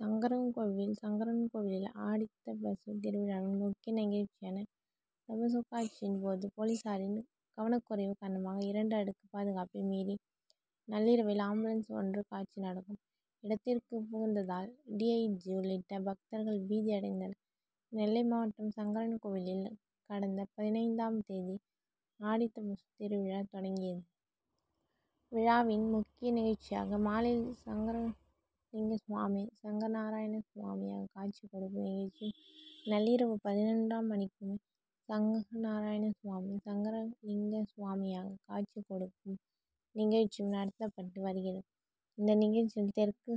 சங்கரன்கோவில்: சங்கரன்கோவில் ஆடித்தபசு திருவிழாவின் முக்கிய நிகழ்ச்சியான தபசுக்காட்சியின் போது போலீசாரின் கவனக்குறைவு காரணமாக இரண்டு அடுக்கு பாதுகாப்பை மீறி நள்ளிரவில் ஆம்புலன்ஸ் ஒன்று காட்சி நடக்கும் இடத்திற்குள் புகுந்ததால் டி. ஐ. ஜி., உள்ளிட்ட பக்தர்கள் பீதி அடைந்தனர். நெல்லை மாவட்டம் சங்கரன்கோவிலில் கடந்த பதினைந்தாம் தேதி ஆடித்தபசு திருவிழா தொடங்கியது. விழாவின் முக்கிய நிகழ்ச்சியாக மாலையில் சங்கரலிங்கசுவாமி, சங்கரநாராயணசுவாமியாக காட்சி கொடுக்கும் நிகழ்ச்சியும், நள்ளிரவு பதினொன்றாம் மணிக்கு மேல் சங்கரநாராயணசுவாமி, சங்கரலிங்கசுவாமியாகவும் காட்சி கொடுக்கும் நிகழ்ச்சியும் நடத்தப்பட்டு வருகிறது. இந்த நிகழ்ச்சி தெற்கு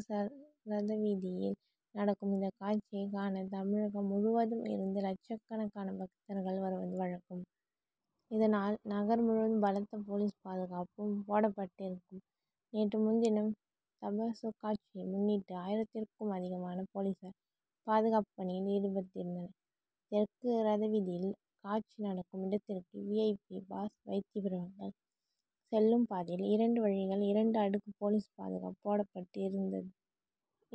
ரதவீதியில் நடக்கும். இந்த காட்சியைக் காண தமிழகம் முழுவதும் இருந்து லட்சக்கணக்கான பக்தர்கள் வருவது வழக்கம். இதனால் நகர் முழுவதும் பலத்த போலீஸ் பாதுகாப்பும் போடப்பட்டு இருக்கும். நேற்று முன்தினம் தபசுக்காட்சியை முன்னிட்டு ஆயிரத்திற்கும் அதிகமான போலீசார் பாதுகாப்பு பணியில் ஈடுபடுத்தப்பட்டிருந்தனர். தெற்கு ரதவீதியில் காட்சி நடக்கும் இடத்திற்கு வி. ஐ. பி., பாஸ் வைத்திருப்பவர்கள் செல்லும் பாதையில் இரண்டு வழிகளில் இரண்டு அடுக்கு போலீஸ் பாதுகாப்பு போடப்பட்டு இருந்தது.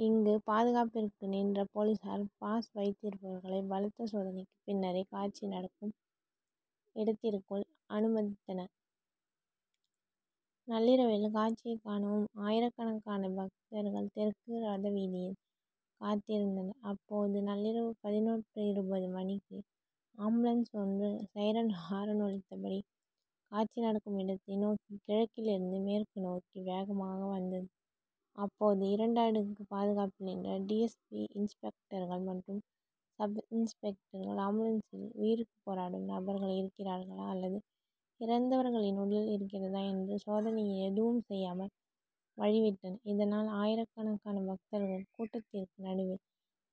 இங்கு பாதுகாப்பிற்கு நின்ற போலீசார் பாஸ் வைத்திருந்தவர்களை பலத்த சோதனைக்கு பின்னரே காட்சி நடக்கும் இடத்திற்குள் அனுமதித்தனர். நள்ளிரவு காட்சியைக் காணவும் ஆயிரக்கணக்கான பக்தர்கள் தெற்கு ரதவீதியில் காத்திருந்தனர். அப்போது நள்ளிரவு பதினொன்று இருபது மணிக்கு ஆம்புலன்ஸ் ஒன்று "சைரன் ஹாரன்' ஒலித்தபடி காட்சி நடக்கும் இடத்தை நோக்கி கிழக்கில் இருந்து மேற்கு நோக்கி வேகமாக வந்தது. அப்போது இரண்டு அடுக்கு பாதுகாப்பில் நின்ற டி. எஸ். பி., இன்ஸ்பெக்டர்கள் மற்றும் சப்-இன்ஸ்பெக்டர்கள் ஆம்புலன்ஸில் உயிருக்கு போராடும் நபர்கள் இருக்கிறார்களா அல்லது இறந்தவர்களின் உடல் இருக்கிறதா என்று சோதனையும் எதுவும் செய்யாமல் வழி விட்டனர். இதனால் ஆயிரக்கணக்கான பக்தர்கள் கூட்டத்திற்கு நடுவில்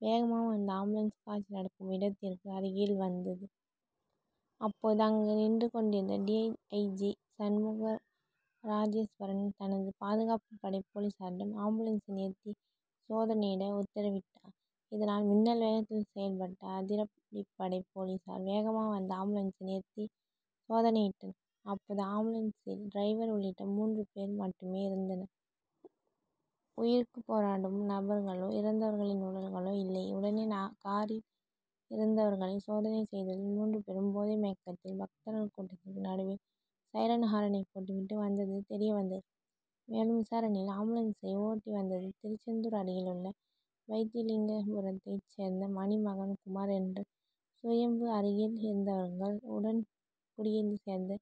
வேகமாக வந்த ஆம்புலன்ஸ் காட்சி நடக்கும் இடத்திற்கு அருகில் வந்தது. அப்போது அங்கு நின்று கொண்டிருந்த டி. ஐ. ஜி., சண்முகராஜேஸ்வரன் தனது பாதுகாப்பு படை போலீசாரிடம் ஆம்புலன்சை நிறுத்தி சோதனையிட உத்தரவிட்டார். இதனால் மின்னல் வேகத்தில் செயல்பட்ட அதிரடிப்படை போலீசார் வேகமாக வந்த ஆம்புலன்சை நிறுத்தி சோதனையிட்டனர். அப்போது ஆம்புலன்ஸில் டிரைவர் உள்ளிட்ட மூன்று பேர் மட்டுமே இருந்தனர். உயிருக்கு போராடும் நபர்களோ, இறந்தவர்களின் உடல்களோ இல்லை. உடனே காரில் இருந்தவர்களை சோதனை செய்ததில் மூன்று பேரும் போதை மயக்கத்தில் பக்தர்கள் கூட்டதிற்கு நடுவில் சைரன் ஹாரனை போட்டு விட்டு வந்தது தெரிய வந்தது. மேலும் விசாரணையில் ஆம்புலன்சை ஓட்டி வந்தது திருச்செந்தூர் அருகில் உள்ள வைத்தியலிங்கபுரத்தைச் சேர்ந்த மணி மகன் குமார் ன்ற சுயம்பு, அருகில் இருந்தவர்கள் உடன்குடியைச் சேர்ந்த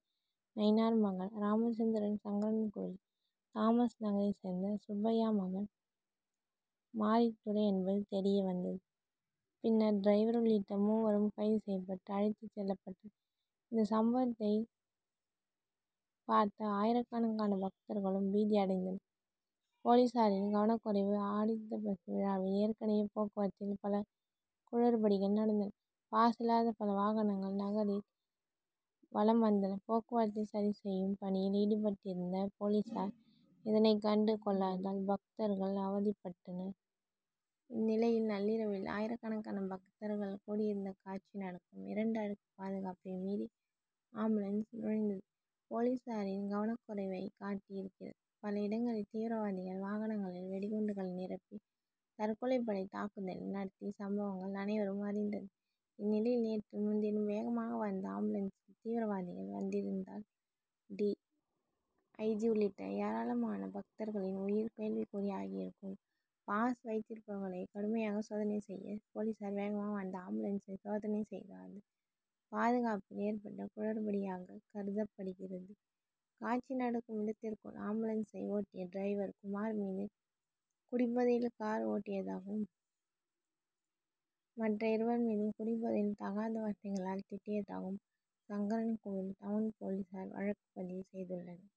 நயினார் மகன் ராமச்சந்திரன், சங்கரன்கோவில் தாமஸ்நகரைச் சேர்ந்த சுப்பையா மகன் மாரித்துரை என்பது தெரிய வந்தது. பின்னர் டிரைவர் உள்ளிட்ட மூவரும் கைது செய்யப்பட்டு அழைத்துச் செல்லப்பட்டனர். இந்த சம்பவத்தை பார்த்த ஆயிரக்கணக்கான பக்தர்களும் பீதி அடைந்தனர். போலீசாரின் கவனக்குறைவு: ஆடித்தபசு விழாவில் ஏற்கனவே போக்குவரத்தில் பல குழறுபடிகள் நடந்தன. பாஸ் இல்லாத பல வாகனங்கள் நகரில் வலம் வந்தன. போக்குவரத்தை சரி செய்யும் பணியில் ஈடுபட்டிருந்த போலீசார் இதனை கண்டு கொள்ளதால் பக்தர்கள் அவதிப்பட்டனர். இந்நிலையில் நள்ளிரவில் ஆயிரக்கணக்கான பக்தர்கள் கூடி இருந்த காட்சி நடக்கும் இரண்டு அடுக்கு பாதுகாப்பையும் மீறி ஆம்புலன்ஸ் நுழைந்தது போலீசாரின் கவனக்குறைவை காட்டி இருக்கிறது. பல இடங்களில் தீவிரவாதிகள் வாகனங்களில் வெடிகுண்டுகளை நிரப்பி தற்கொலை படை தாக்குதலை நடத்திய சம்பவங்கள் அனைவரும் அறிந்தது. இந்நிலையில் நேற்று முன்தினம் வேகமாக வந்த ஆம்புலன்சில் தீவிரவாதிகள் வந்திருந்தால் டி. ஐ, ஜி., உள்ளிட்ட ஏராளமான பக்தர்களின் உயிர் கேள்விக்குறி ஆகி இருக்கும். பாஸ் வைத்திருந்தவர்களை கடுமையாக சோதனை செய்த போலீசார் வேகமாக வந்த ஆம்புலன்ஸை சோதனை செய்யாதது பாதுகாப்பில் ஏற்பட்ட குழறுபடியாக கருதப்படுகிறது. காட்சி நடக்கும் இடத்திற்குள் ஆம்புலன்சை ஓட்டிய டிரைவர் குமார் மீது குடிபோதையில் கார் ஓட்டியதாகவும், மற்ற இருவர் மீதும் குடிபோதையில் தகாத வார்த்தைகளால் திட்டியதாகவும் சங்கரன்கோவில் டவுன் போலீசார் வழக்குப்பதிவு செய்துள்ளனர்.